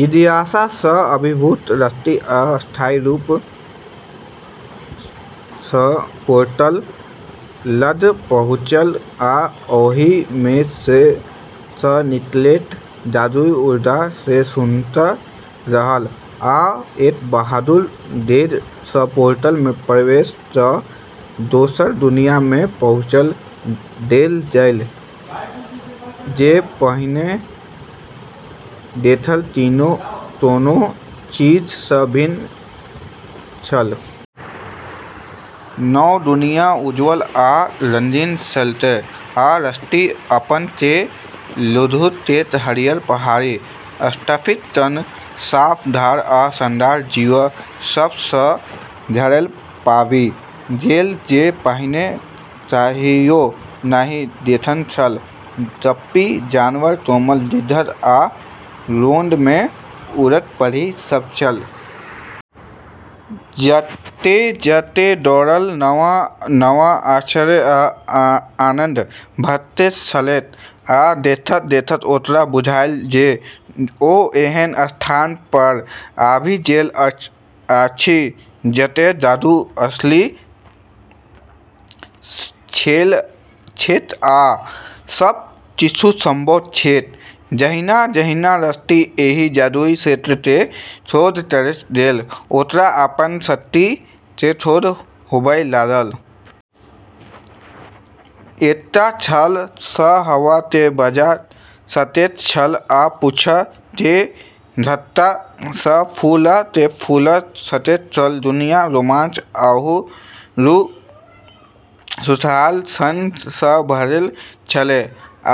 जिज्ञासा सँ अभिभूत रस्टी अस्थायी रूप सँ पोर्टल लग पहुँचल आ ओहि मे सँ निकलैत जादुई ऊर्जा के सूंघैत रहल। आ एक बहादुर डेग सँ पोर्टल मे प्रवेश क' क' दोसर दुनिया मे पहुँचा देल गेल, जे पहिने देखल कोनो चीज सँ भिन्न छल। नव दुनिया उज्ज्वल आ रंगीन छलैक, आ रस्टी अपन केँ लुढ़कैत हरियर पहाड़ी, स्फटिक सन साफ धार आ शानदार जीव सब सँ घेरल पाबि गेल जे पहिने कहियो नहि देखने छल। गप्पी जानवर, कोमल दिग्गज, आ रौद मे उड़ैत परी सब छल। जतय-जतय दौड़ल, नव-नव आश्चर्य आ आनन्द भेटैत छलैक, आ देखैत-देखैत ओकरा बुझायल जे ओ एहन स्थान पर आबि गेल अछि जतय जादू असली छैक आ सब किछु संभव छैक। जहिना-जहिना रस्टी एहि जादुई क्षेत्र के खोज करैत गेल, ओकरा अपन शक्ति के खोज होबय लागल। एकटा छाल सँ हवा केँ बजा सकैत छल आ पूँछ के झटका सँ फूल केँ फूला सकैत छल। दुनिया रोमांच आरू खुशहाल क्षण सँ भरल छेलै,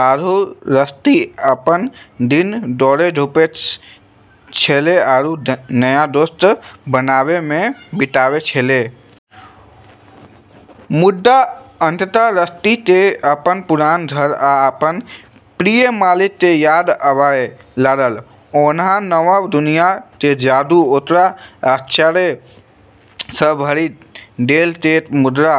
आरू रस्टी अपन दिन दौड़-धूप, खेलै, आरू नया दोस्त बनाबै मे बिताबै छेलै। मुदा अंततः रस्टी के अपन पुरान घर आ अपन प्रिय मालिक के याद आबय लागल। ओना नव दुनिया के जादू ओकरा आश्चर्य सँ भरि देलकैक मुदा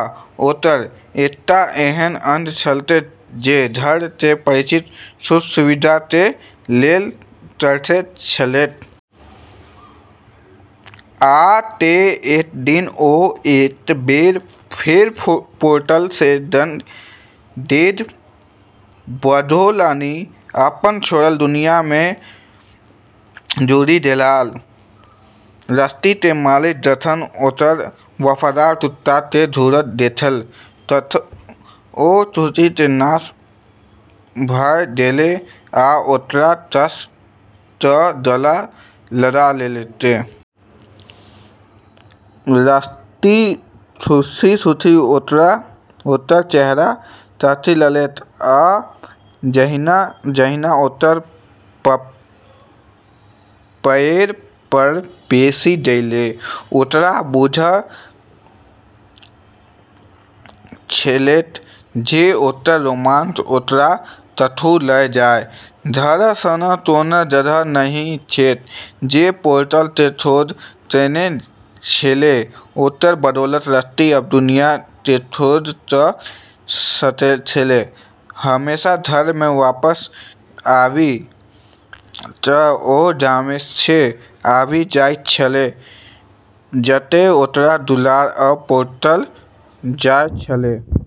ओकर एकटा एहन अंग छलैक जे घर के परिचित सुख-सुविधा के लेल तरसैत छलैक। आ तें, एक दिन, ओ एक बेर फेर पोर्टल सँ डेग बढ़ौलनि, अपन छोड़ल दुनिया मे घुरि गेलाह। रस्टी के मालिक जखन ओकर वफादार कुत्ता के घुरैत देखलकै तऽ ओ खुशी के नाश भऽ गेलै आ ओकरा कस कऽ गला लगा लेलकै। रस्टी खुशी-खुशी ओकर चेहरा चाटि लेलकै, आ जहिना-जहिना ओकर पएर पर बैसि गेलै, ओकरा बुझल छलैक जे ओकर रोमांच ओकरा कतहु ल' जाय, घर सन कोनो जगह नहि छैक। जे पोर्टल के खोज केने छेलै, ओकर बदौलत रस्टी अब दोनों दुनिया के खोज क' सकै छेलै, हमेशा घर मे वापस आबि कऽ ओ गाँममे आबि जाइत छलै, जतय ओकरा दुलार आ पोसल जाय छलै।